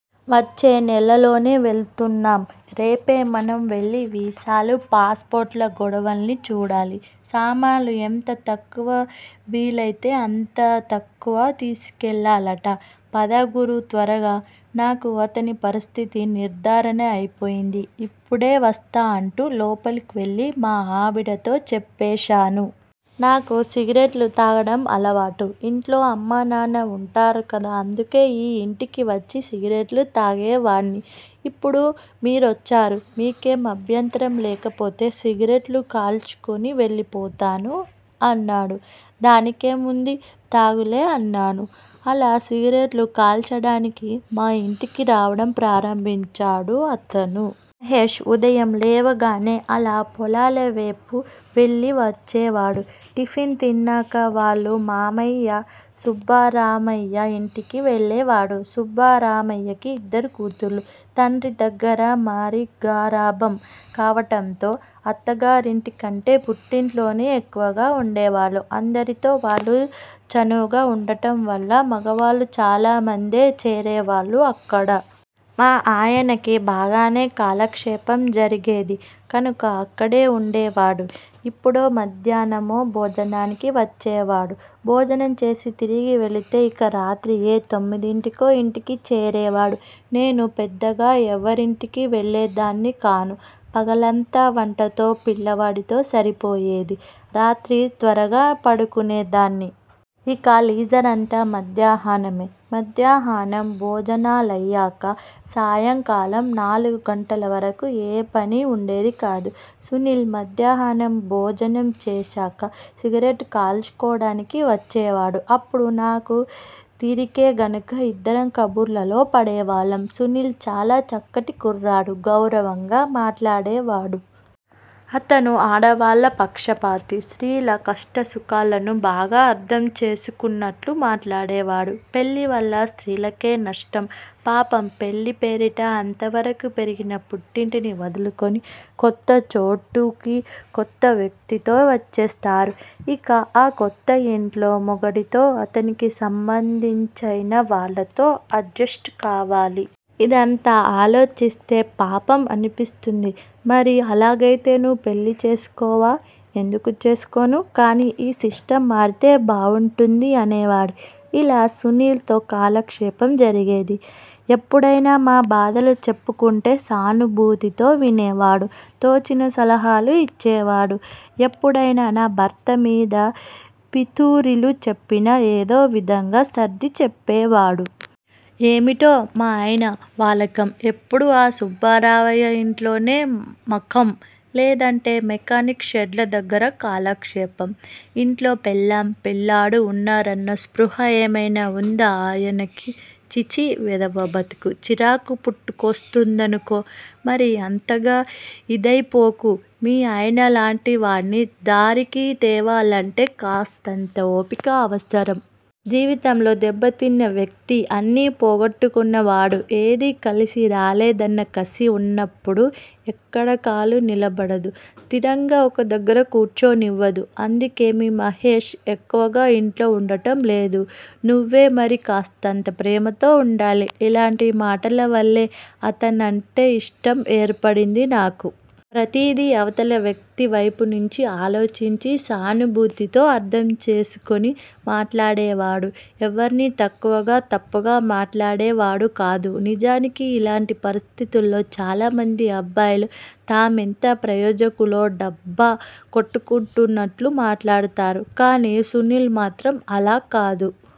వచ్చే నెలలోనే వెళ్తున్నాం. రేపే మనం వెళ్ళి వీసాలు, పాస్ పోర్ట్ ల గొడవలన్నీ చూడాలి. సామాన్లు ఎంత తక్కువ వీలయితే అంత తక్కువ తీసుకెళ్ళాలట! పద గురూ త్వరగా. నాకు అతని పరిస్థితి నిర్ధారణ అయిపోయింది. ఇప్పుడే వస్తా అంటూ లోపలకు వెళ్ళి మా ఆవిడతో చెప్పేశాను. నాకు సిగరెట్లు తాగడం అలవాటు. ఇంట్లో అమ్మా నాన్న వుంటారు కదా. అందుకే ఈ యింటికి వచ్చి సిగరెట్లు తాగేవాడ్ని. ఇప్పుడు మీరొచ్చారు. మీకేం అభ్యంతరం లేకపోతే సిగరెట్లు కాల్చుకుని వెళ్ళిపోతాను. అన్నాడు. దానికేం వుంది తాగులే అన్నాను. అలా సిగరెట్లు కాల్చడానికి మా యింటికి రావడం ప్రారంభించాడు అతను. మహేశ్ ఉదయం లేవగానే అలా పొలాలవేపు వెళ్ళి వచ్చేవాడు. టిఫిన్ తిన్నాక వాళ్ళ మావయ్య సుబ్బరామయ్య యింటికి వెళ్ళేవాడు. సుబ్బరామయ్యకి ఇద్దరు కూతుళ్ళు. తండ్రి దగ్గర మరీ గారాబం కావడంతో అత్తగారింటికంటే పుట్టింట్లోనే ఎక్కువగా వుండేవాళ్ళు. అందరితో వాళ్ళు చనువుగా వుండడం వల్ల మగవాళ్ళు చాలామందే చేరేవాళ్ళు అక్కడ. మా ఆయనకి బాగానే కాలక్షేపం జరిగేది కనుక అక్కడే వుండేవాడు. ఎప్పుడో మధ్యాహ్నం భోజనానికి వచ్చేవాడు. భోజనం చేసి తిరిగి వెళితే ఇక రాత్రి ఏ తొమ్మిదింటికో ఇంటికి చేరేవాడు. నేను పెద్దగా ఎవరింటికీ వెళ్ళేదాన్ని కాను. పగలంతా వంటతో, పిల్లవాడితో సరిపోయేది. రాత్రి త్వరగా పడుకునేదాన్ని. ఇక లీజరంతా మధ్యాహ్నమే. మధ్యాహ్నం భోజనాలయ్యాక సాయంకాలం నాలుగు గంటల వరకూ ఏ పనీ వుండేది కాదు. సునీల్ మధ్యాహ్నం భోజనం చేశాక సిగరెట్టు కాల్చుకోవడానికి వచ్చేవాడు అప్పుడు నాకూ తీరికే గనుక ఇద్దరం కబుర్లలో పడేవాళ్ళం. సునీల్ చాలా చక్కటి కుర్రాడు. గౌరవంగా మాట్లాడేవాడు. అతను ఆడవాళ్ళ పక్షపాతి. స్త్రీల కష్టసుఖాలను బాగా అర్ధం చేసుకున్నట్లు మాట్లాడేవాడు. పెళ్ళి వల్ల స్త్రీలకే నష్టం, పాపం పెళ్ళి పేరిట అంతవరకు పెరిగిన పుట్టింటిని వదులుకుని, కొత్త చోటుకి, కొత్త వ్యక్తితో వచ్చేస్తారు. ఇక ఆ కొత్త ఇంట్లో మొగుడితో, అతనికి సంబంధించైనా వాళ్ళతో అడ్జెస్ట్ కావాలి. ఇదంతా ఆలోచిస్తే పాపం అనిపిస్తుంది. మరి అలాగైతే నువ్వు పెళ్ళి చేసుకోవా? ఎందుకు చేసుకోను? కానీ ఈ సిస్టమ్ మారితే బావుంటుంది అనేవాడు. ఇలా సునీల్ తో కాలక్షేపం జరిగేది. ఎప్పుడైనా మా బాధలు చెప్పుకుంటే సానుభూతితో వినేవాడు. తోచిన సలహాలు ఇచ్చేవాడు. ఎప్పుడైనా నా భర్త మీద పితూరీలు చెప్పినా ఏదో విధంగా సర్ది చెప్పేవాడు. ఏమిటో మా ఆయన వాలకం ఎప్పుడూ ఆ సుబ్బరామయ్య ఇంట్లోనే మకాం, లేదంటే మెకానిక్ షెడ్ల దగ్గర కాలక్షేపం, ఇంట్లో పెళ్ళాం, పిల్లాడు వున్నారన్న స్పృహ ఏమైనా వుందా ఆయనకి? ఛీఛీ వెధవ బతుకు, చిరాకు పుట్టుకొస్తుందనుకో మరీ అంతగా ఇదైపోకు. మీ ఆయన లాంటివాడ్ని దారికి తేవాలంటే కాస్తంత ఓపిక అవసరం. జీవితంలో దెబ్బతిన్న వ్యక్తి అన్నీ పోగొట్టుకున్న వాడు ఏదీ కలిసిరాలేదన్నకసి వున్నప్పుడు ఎక్కడా కాలు నిలబడదు. స్థిరంగా ఒక దగ్గర కూర్చోనివ్వదు. అందుకే మీ మహేష్ ఎక్కువగా ఇంట్లో వుండడం లేదు నువ్వే మరి కాస్తంత ప్రేమతో వుండాలి. ఇలాంటి మాటలవల్లే అతనంటే ఇష్టం ఏర్పడింది నాకు. ప్రతిదీ అవతల వ్యక్తివైపు నుంచి ఆలోచించి, సానుభూతితో అర్ధం చేసుకుని మాట్లాడేవాడు ఎవర్నీ తక్కువగా, తప్పుగా మాట్లాడేవాడు కాదు. నిజానికి ఇలాంటి పరిస్థితుల్లో చాలామంది అబ్బాయిలు తామెంత ప్రయోజకులో డబ్బా కొట్టుకుంటున్నట్టు మాట్లాడతారు. కానీ సునీల్ మాత్రం అలా కాదు.